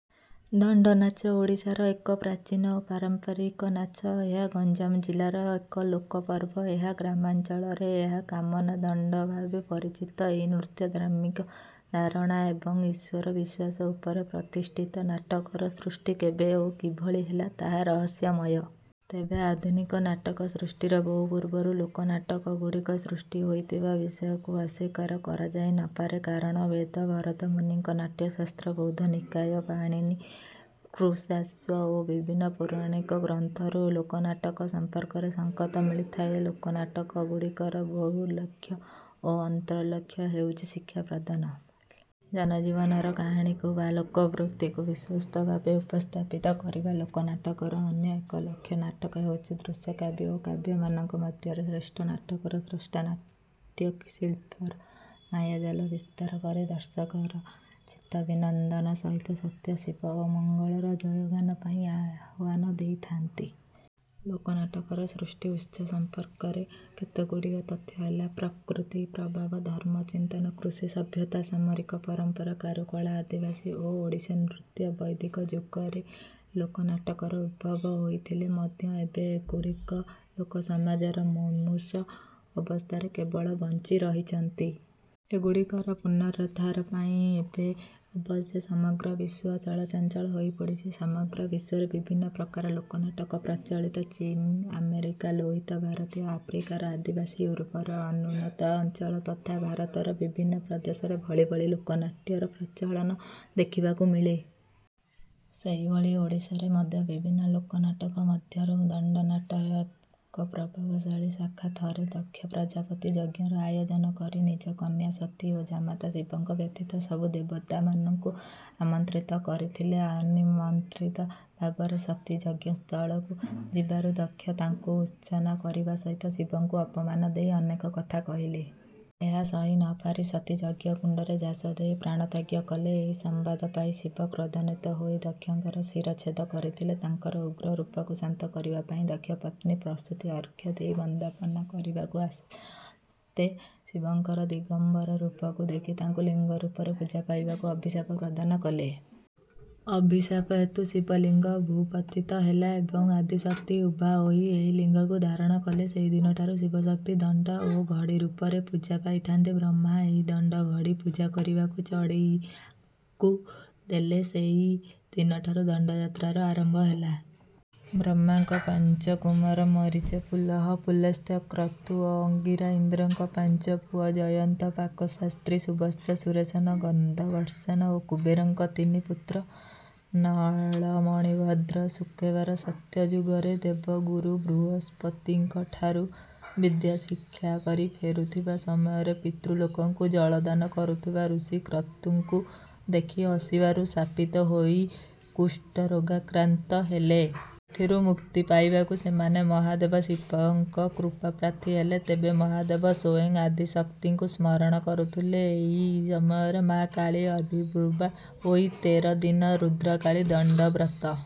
ଦଣ୍ଡନାଚ ଓଡ଼ିଶାର ଏକ ପ୍ରାଚୀନ ଓ ପାରମ୍ପରିକ ନାଚ। ଏହା ଗଞ୍ଜାମ ଜିଲ୍ଲାର ଏକ ଲୋକ ପର୍ବ। ଏହା ଗ୍ରାମାଞ୍ଚଳରେ ଏହା କାମନା ଦଣ୍ଡ ଭାବେ ପରିଚିତ। ଏହି ନୃତ୍ୟ ଧାର୍ମିକ ଧାରଣା ଏବଂ ଈଶ୍ୱର ବିଶ୍ୱାସ ଉପରେ ପ୍ରତିଷ୍ଠିତ। ନାଟକର ସୃଷ୍ଟି କେବେ ଓ କିଭଳି ହେଲା ତାହା ରହସ୍ୟମୟ। ତେବେ ଆଧୁନିକ ନାଟକ ସୃଷ୍ଟିର ବହୁ ପୂର୍ବରୁ ଲୋକନାଟକଗୁଡ଼ିକ ସୃଷ୍ଟି ହୋଇଥିବା ବିଷୟକୁ ଅସ୍ୱୀକାର କରାଯାଇ ନ ପାରେ। କାରଣ ବେଦ ଭରତମୁନିଙ୍କ ନାଟ୍ୟଶାସ୍ତ୍ର ବୌଦ୍ଧ ନିକାୟ ପାଣିନି କୃଶାଶ୍ୱ ଓ ବିଭିନ୍ନ ପୌରାଣିକ ଗ୍ରନ୍ଥରୁ ଲୋକନାଟକ ସମ୍ପର୍କରେ ସଂକେତ ମିଳିଥାଏ। ଲୋକନାଟକଗୁଡ଼ିକର ବହିର୍ଲକ୍ଷ୍ୟ ଓ ଅନ୍ତର୍ଲକ୍ଷ୍ୟ ହେଉଛି ଶିକ୍ଷା ପ୍ରଦାନ। ଜନଜୀବନର କାହାଣୀକୁ ବା ଲୋକବୃତ୍ତକୁ ବିଶ୍ୱସ୍ତ ଭାବେ ଉପସ୍ଥାପିତ କରିବା ଲୋକନାଟକର ଅନ୍ୟ ଏକ ଲକ୍ଷ୍ୟ। ନାଟକ ହେଉଛି ଦୃଶ୍ୟକାବ୍ୟ ଓ କାବ୍ୟମାନଙ୍କ ମଧ୍ୟରେ ଶ୍ରେଷ୍ଠ। ନାଟକର ସ୍ରଷ୍ଟା ନାଟ୍ୟ ଶିଳ୍ପୀର ମାୟାଜାଲ ବିସ୍ତାର କରି ଦର୍ଶକର ଚିତ୍ତ ବିନୋଦନ ସହିତ ସତ୍ୟ ଶିବ ଓ ମଙ୍ଗଳର ଜୟଗାନ ପାଇଁ ଆହ୍ୱାନ ଦେଇଥାନ୍ତି। ଲୋକ ନାଟକର ସୃଷ୍ଟି ଉତ୍ସ ସମ୍ପର୍କରେ କେତେଗୁଡ଼ିଏ ତଥ୍ୟ ହେଲା ପ୍ରକୃତି ପ୍ରଭାବ ଧର୍ମ ଚିନ୍ତନ କୃଷି ସଭ୍ୟତା ସାମରିକ ପରମ୍ପରା କାରୁକଳା ଆଦିବାସୀ ଓ ଓଡ଼ିଶୀ ନୃତ୍ୟ। ବୈଦିକ ଯୁଗରେ ଲୋକ ନାଟକର ଉଦ୍ଭବ ହୋଇଥିଲେ ମଧ୍ୟ ଏବେ ଏଗୁଡ଼ିକ ଲୋକ ସମାଜରେ ମୁମୂର୍ଷୁ ଅବସ୍ଥାରେ କେବଳ ବଞ୍ଚିରହିଛନ୍ତି। ଏଗୁଡ଼ିକର ପୁନରୁଦ୍ଧାର ପାଇଁ ଏବେ ଅବଶ୍ୟ ସମଗ୍ର ବିଶ୍ୱ ଚଳଚଞ୍ଚଳ ହୋଇପଡ଼ିଛି। ସମଗ୍ର ବିଶ୍ୱରେ ବିଭିନ୍ନ ପ୍ରକାର ଲୋକନାଟକ ପ୍ରଚଳିତ। ଚୀନ ଆମେରିକା ଲୋହିତ ଭାରତୀୟ ଆଫ୍ରିକାର ଆଦିବାସୀ ୟୁରୋପର ଅନୁନ୍ନତ ଅଞ୍ଚଳ ତଥା ଭାରତର ବିଭିନ୍ନ ପ୍ରଦେଶରେ ଭଳି ଭଳି ଲୋକନାଟ୍ୟର ପ୍ରଚଳନ ଦେଖିବାକୁ ମିଳେ। ସେହିଭଳି ଓଡ଼ିଶାରେ ମଧ୍ୟ ବିଭିନ୍ନ ଲୋକନାଟକ ମଧ୍ୟରୁ ଦଣ୍ଡନାଟ ଏକ ପ୍ରଭାବଶାଳୀ ଶାଖା। ଥରେ ଦକ୍ଷ ପ୍ରଜାପତି ଯଜ୍ଞର ଆୟୋଜନ କରି ନିଜ କନ୍ୟା ସତୀ ଓ ଜାମାତା ଶିବଙ୍କ ବ୍ୟତୀତ ସବୁ ଦେବତାମାନଙ୍କୁ ଆମନ୍ତ୍ରିତ କରିଥିଲେ। ଅନିମନ୍ତ୍ରିତ ଭାବରେ ସତୀ ଯଜ୍ଞସ୍ଥଳକୁ ଯିବାରୁ ଦକ୍ଷ ତାଙ୍କୁ ଉର୍ତ୍ସନା କରିବା ସହିତ ଶିବଙ୍କୁ ଅପମାନ ଦେଇ ଅନେକ କଥା କହିଲେ। ଏହା ସହି ନ ପାରି ସତୀ ଯଜ୍ଞକୁଣ୍ଡରେ ଝାସ ଦେଇ ପ୍ରାଣତ୍ୟାଗ କଲେ। ଏହି ସମ୍ବାଦ ପାଇ ଶିବ କ୍ରୋଧାନ୍ୱିତ ହୋଇ ଦକ୍ଷଙ୍କର ଶିରଚ୍ଛେଦ କରିଥିଲେ। ତାଙ୍କର ଉଗ୍ରରୂପକୁ ଶାନ୍ତ କରିବା ପାଇଁ ଦକ୍ଷ ପତ୍ନୀ ପ୍ରସୂତି ଅର୍ଘ୍ୟ ଦେଇ ବନ୍ଦାପନା କରିବାକୁ ଆସନ୍ତେ ଶିବଙ୍କର ଦିଗମ୍ବର ରୂପକୁ ଦେଖି ତାଙ୍କୁ ଲିଙ୍ଗରୂପରେ ପୂଜା ପାଇବାକୁ ଅଭିଶାପ ପ୍ରଦାନ କଲେ। ଅଭିଶାପ ହେତୁ ଶିବଲିଙ୍ଗ ଭୂପତିତ ହେଲା ଏବଂ ଆଦିଶକ୍ତି ଉଭା ହୋଇ ଏହି ଲିଙ୍ଗକୁ ଧାରଣ କଲେ। ସେହିଦିନଠାରୁ ଶିବଶକ୍ତି ଦଣ୍ଡ ଓ ଘଡ଼ି ରୂପରେ ପୂଜା ପାଇଥାନ୍ତି। ବ୍ରହ୍ମା ଏହି ଦଣ୍ଡ ଘଡ଼ି ପୂଜା କରିବାକୁ ଚଢ଼େଇଆକୁ ଦେଲେ। ସେହି ଦିନଠାରୁ ଦଣ୍ଡଯାତ୍ରାର ଆରମ୍ଭ ହେଲା। ବ୍ରହ୍ମାଙ୍କ ପାଞ୍ଚ କୁମାର ମରୀଚି ପୁଲହ ପୁଲସ୍ତ୍ୟ କ୍ରତୁ ଓ ଅଙ୍ଗିରା ଇନ୍ଦ୍ରଙ୍କ ପାଞ୍ଚ ପୁଅ ଜୟନ୍ତ ପାକଶାସ୍ତ୍ରୀ ସୁବତ୍ସ ସୁରସେନ ଗନ୍ଧର୍ବସେନ ଓ କୁବେରଙ୍କ ତିନି ପୁତ୍ର ନଳ ମଣିଭଦ୍ର ସୁକୁବେର ସତ୍ୟ ଯୁଗରେ ଦେବଗୁରୁ ବୃହସ୍ପତିଙ୍କଠାରୁ ବିଦ୍ୟାଶିକ୍ଷା କରି ଫେରୁଥିବା ସମୟରେ ପିତୃଲୋକଙ୍କୁ ଜଳଦାନ କରୁଥିବା ଋଷି କ୍ରତୁଙ୍କୁ ଦେଖି ହସିବାରୁ ଶାପିତ ହୋଇ କୁଷ୍ଠରୋଗାକ୍ରାନ୍ତ ହେଲେ। ଏଥିରୁ ମୁକ୍ତି ପାଇବାକୁ ସେମାନେ ମହାଦେବ ଶିବଙ୍କ କୃପାପ୍ରାର୍ଥୀ ହେଲେ। ତେବେ ମହାଦେବ ସ୍ୱୟଂ ଆଦିଶକ୍ତିଙ୍କୁ ସ୍ମରଣ କରୁଥିଲେ। ଏହି ସମୟରେ ମାଆ କାଳୀ ଆବିର୍ଭୂତା ହୋଇ ତେର ଦିନ ରୁଦ୍ରକାଳୀ ଦଣ୍ଡବ୍ରତ।